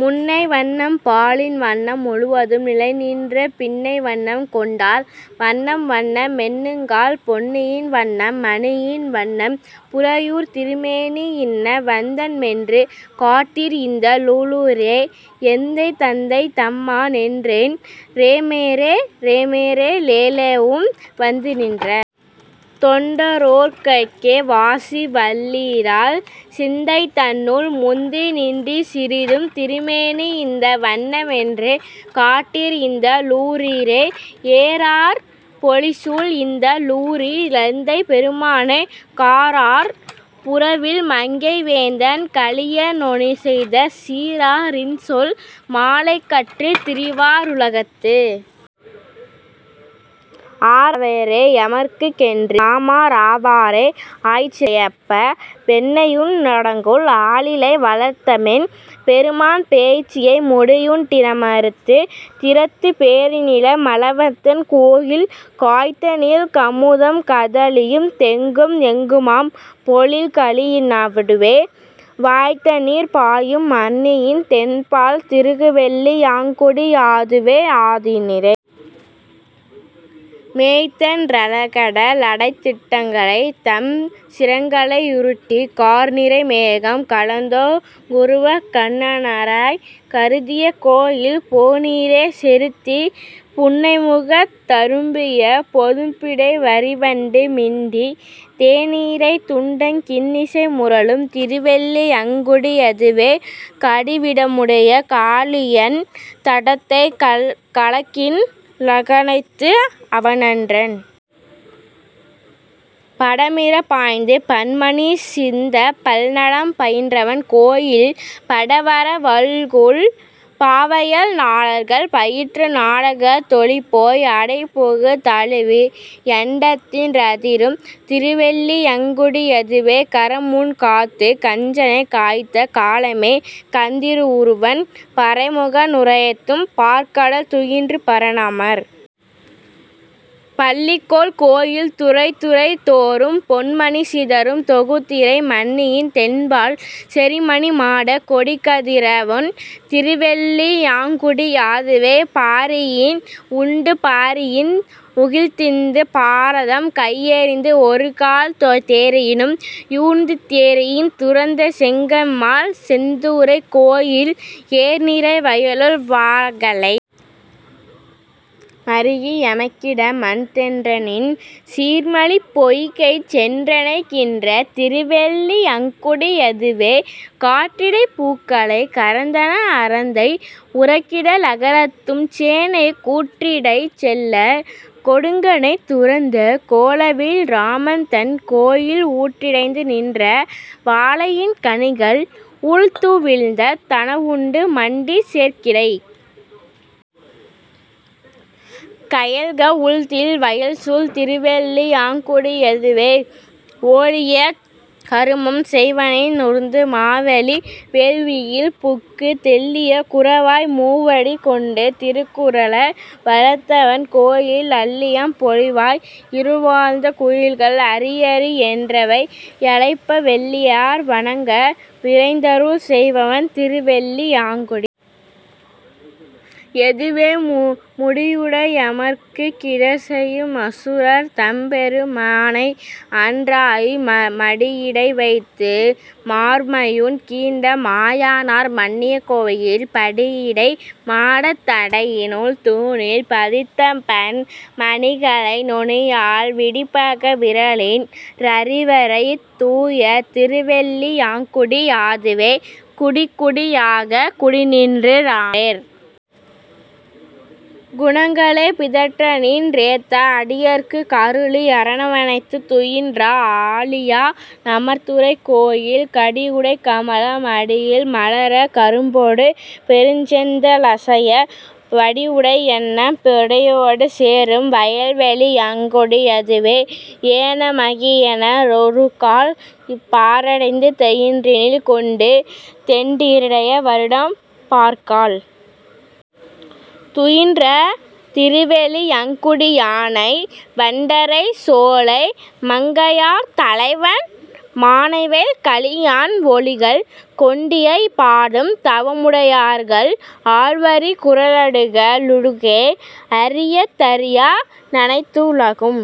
முன்னை வண்ணம் பாலின் வண்ணம் முழுதும் நிலைநின்ற, பின்னை வண்ணம் கொண்டல் வண்ணம் வண்ண மெண்ணுங்கால், பொன்னின் வண்ணம் மணியின் வண்ணம் புரையுந் திருமேனி, இன்ன வண்ண மென்று காட்டீர் இந்த ளூரீரே. எந்தை தந்தை தம்மா னென்றென் றெமெரே றெமரெ ழேளவும், வந்து நின்ற தொண்டரோர்க்கே வாசி வல்லீரால், சிந்தை தன்னுள் முந்தி நிற்றிர் சிறிதும் திருமேனி, இந்த வண்ண மென்று காட்டீர் இந்த ளூரீரே ஏரார் பொழில்சூழ் இந்த ளூரி லெந்தை பெருமானை, காரார் புறவில் மங்கை வேந்தன் கலிய னொலிசெய்த, சீரா ரின்சொல் மாலை கற்றுத் திரிவா ருலகத்து, ஆரா ரவரே யமரர்க் கென்று மமர ராவாரே ஆய்ச்சியரழைப்ப வெண்ணெயுண்டொருகால் ஆலிலை வளர்ந்தவெம் பெருமான், பேய்ச்சியை முலயுண் டிணைமரு திறுத்துப் பெருநில மளந்தவன் கோயில், காய்த்தநீள் கமுகும் கதலியும் தெங்கும் எங்குமாம் பொழில்களி னடுவே, வாய்த்தநீர் பாயும் மண்ணியின் தென்பால் திருவெள்ளி யங்குடி யதுவே ஆநிரை மேய்த்தன் றலைகட லடைத்திட்டரக்கர் தம் சிரங்களை யுருட்டி, கார்நிறை மேகம் கலந்தோ ருருவக் கண்ணனார் கருதிய கோயில், பூநீரைச் செருந்தி புன்னைமுத் தரும்பிப் பொதும்பிடை வரிவண்டு மிண்டி, தேனிரைத் துண்டங் கின்னிசை முரலும் திருவெள்ளி யங்குடி யதுவே கடுவிடமுடைய காளியன் தடத்தைக் கலக்கின் னலக்கழித்து, அவன்றன் படமிறப் பாய்ந்து பன்மணி சிந்தப் பல்நடம் பயின்றவன் கோயில், படவர வல்குல் பாவைநல் லார்கள் பயிற்றிய நாடகத் தொலிபோய், அடைபுடை தழுவி யண்டநின் றதிரும் திருவெள்ளி யங்குடி யதுவே கறவைமுன் காத்துக் கஞ்சனைக் காய்த்த காளமே கந்திரு வுருவன், பறவைமுன் னுயர்த்துப் பாற்கடல் துயின்ற பரமனார் பள்ளிகொள் கோயில், துறைதுறை தோறும் பொன்மணி சிதறும் தொகுதிரை மண்ணியின் தென்பால், செறிமணி மாடக் கொடிகதி ரவும் திருவெள்ளி யாங்குடி யதுவே பாரினை யுண்டு பாரினை யுமிழ்ந்து பாரதம் கையெறிந்து, ஒருகால் தேரினை யூர்ந்து தேரினைத் துரந்த செங்கண்மால் சென்றுறை கோயில், ஏர்நிரை வயளுள் வாளைகள் மறுகி எமக்கிட மன்றிதென்றெண்ணி, சீர்மலி பொய்கை சென்றணை கின்ற திருவெள்ளி யங்குடி யதுவே காற்றிடைப் பூளை கரந்தன அரந்தை உறக்கட லரக்கர்தம் சேனை, கூற்றிடைச் செல்லக் கொடுங்கணை துரந்த கோலவில் இராமன் தன் கோயில், ஊற்றிடை நின்ற வாழையின் கனிகள் ஊழ்த்துவீழ்ந் தனவுண்டு மண்டி, சேற்றிடைக் கயல்க ளுள்திகழ் வயல்சூழ் திருவெள்ளி யாங்குடி யதுவே ஓள்ளிய கருமம் செய்வனென் றுணர்ந்த மாவலி வேள்வியில் புக்கு, தெள்ளிய குறளாய் மூவடி கொண்டு திருக்குற வளர்ந்தவன் கோயில் அள்ளியம் பொழில்வா யிருந்துவாழ் குயில்கள் அரியரி யென்றவை யழைப்ப வெள்ளியார் வணங்க விரைந்தருள் செய்வான் திருவெள்ளி யாங்குடி யதுவே முடியுடை யமரர்க் கிடர்செயு மசுரர் தம்பெரு மானை, அன் றரியாய் மடியிடை வைத்து மார்வைமுன் கீண்ட மாயனார் மன்னிய கோயில், படியிடை மாடத் தடியிடைத் தூணில் பதித்தபன் மணிகளி னொளியால், விடிபக லிரவென் றறிவரி தாய திருவெள்ளி யங்குடி யதுவே குடிகுடி யாகக் கூடிநின் றமரர் குணங்களே பிதற்றிநின் றேத்த அடியவர்க் கருளி யரவணைத் துயின்ற ஆழியா நமர்ந்துறை கோயில், கடியுடைக் கமலம் அடியிடை மலரக் கரும்பொடு பெருஞ்செந்நெ லசைய, வடிவுடை யன்னம் பெடையொடும் சேரும் வயல்வெள்ளி யங்குடி யதுவே ஏன மாகியன றொருகால், பாரிடந் தெயிற்றினில் கொண்டு, தெண்டிரை வருடப் பாற்கடல் துயின்ற திருவெள்ளி யங்குடி யானை, வண்டறை சோலை மங்கையர் தலைவன் மானவேல் கலியான்வா யொலிகள், கொண்டிவை பாடும் தவமுடையார்கள் ஆள்வரிக் குரைகட லுலகே அறிவ தரியா னனைத்துலகும்